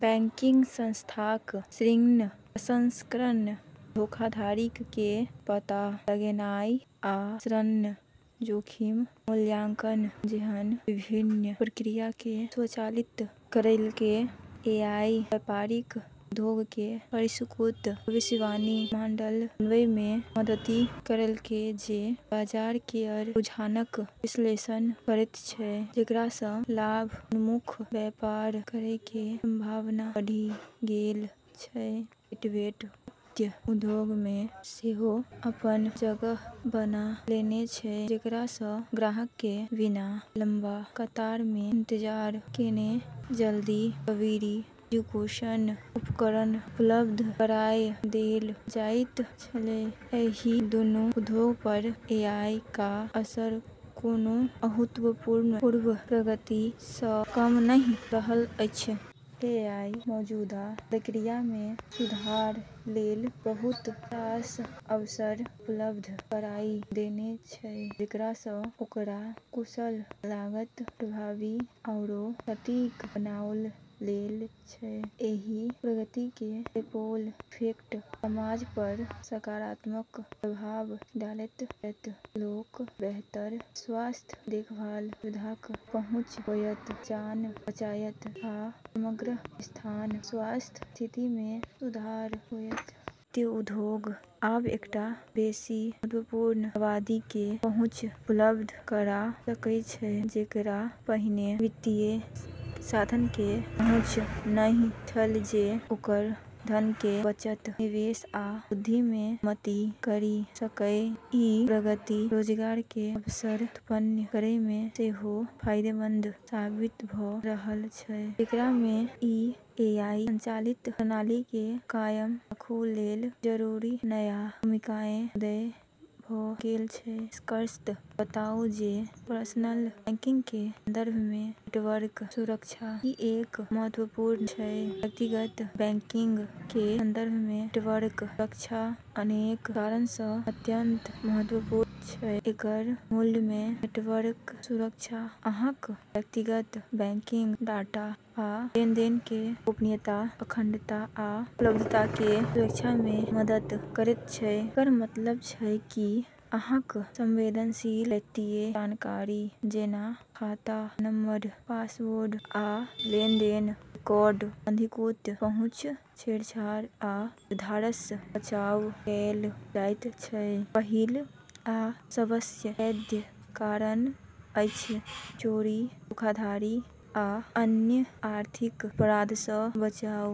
Banking संस्थाक ऋण प्रसंस्करण, धोखाधड़ीकेँ पता लगेनाइ, आ ऋण जोखिम मूल्यांकन जेहन विभिन्न प्रक्रियाके स्वचालित करलकै । एआई व्यापारिक उद्योगकेँ परिष्कृत भविष्यवाणी मॉडल बनबैमे मदति करलकै जे बाजार केर रुझानक विश्लेषण करैत छै, जेकरासँ लाभ-उन्मुख व्यापार करैके संभावना बढ़ि गेल छै। चैटबोट वित्त उद्योगमे सेहो अपन जगह बना लेने छै, जेकरासँ ग्राहकके बिना लम्बा कतारमे इंतजार केने जल्दी क्वेरी रिजोल्यूशन उपलब्ध कराय देलऽ जाइत छै। एहि दूनू उद्योग पर एआई क' असर कोनो अभूतपूर्व प्रगति सँ कम नहि रहल अछि। एआई मौजूदा प्रक्रियामे सुधार लेल बहुत रास अवसर उपलब्ध कराइ देने छै, जेकरासँ ओकरा कुशल, लागत प्रभावी आओर सटीक बनाओल गेल छै। एहि प्रगतिके रिपल इफेक्ट समाज पर सकारात्मक प्रभाव डालतै, जत' लोकऽ बेहतर स्वास्थ्य देखभाल सुविधाक पहुंच होयत, जान बचायत, आ समग्र स्वास्थ्य स्थितिमे सुधार होयत । वित्त उद्योग आब एकटा बेसी महत्वपूर्ण आबादीके पहुँच उपलब्ध करा सकै छै जेकरा पहिने वित्तीय साधनके पहुंच नहि छल जे ओकर धनके बचत, निवेश आ वृद्धिमे मदति करि सकै । ई प्रगति रोजगारके अवसर उत्पन्न करैमे सेहो फाइदेमन्द साबित भ' रहल छै, जेकरामे ई एआई संचालित प्रणालीके कायम राखै लेल जरूरी नया भूमिकाके उदय भ' गेल छै। निष्कर्षतः, बताउ जे पर्सनल बैंकिंगकेँ संदर्भमे नेटवर्क सुरक्षा किएक महत्वपूर्ण छै व्यक्तिगत बैंकिंगकेँ संदर्भमे नेटवर्क सुरक्षा अनेक कारणसँ अत्यंत महत्वपूर्ण छै । एकर मूलमे, नेटवर्क सुरक्षा अहाँक व्यक्तिगत बैंकिंग डाटा आ लेनदेनके गोपनीयता, अखंडता आ उपलब्धताके सुरक्षामे मदद करैत छै । एकर मतलब छै कि अहाँक संवेदनशील वित्तीय जानकारी, जेना खाता नंबर, पासवर्ड, आ लेनदेन रिकॉर्डक अनधिकृत पहुंच, छेड़छाड़ आ व्यवधानसँ बचाव कैल जायत छै । पहिल आ सबसँ पैघ कारण अछि चोरी, धोखाधड़ी आ अन्य आर्थिक अपराधसँ बचाव।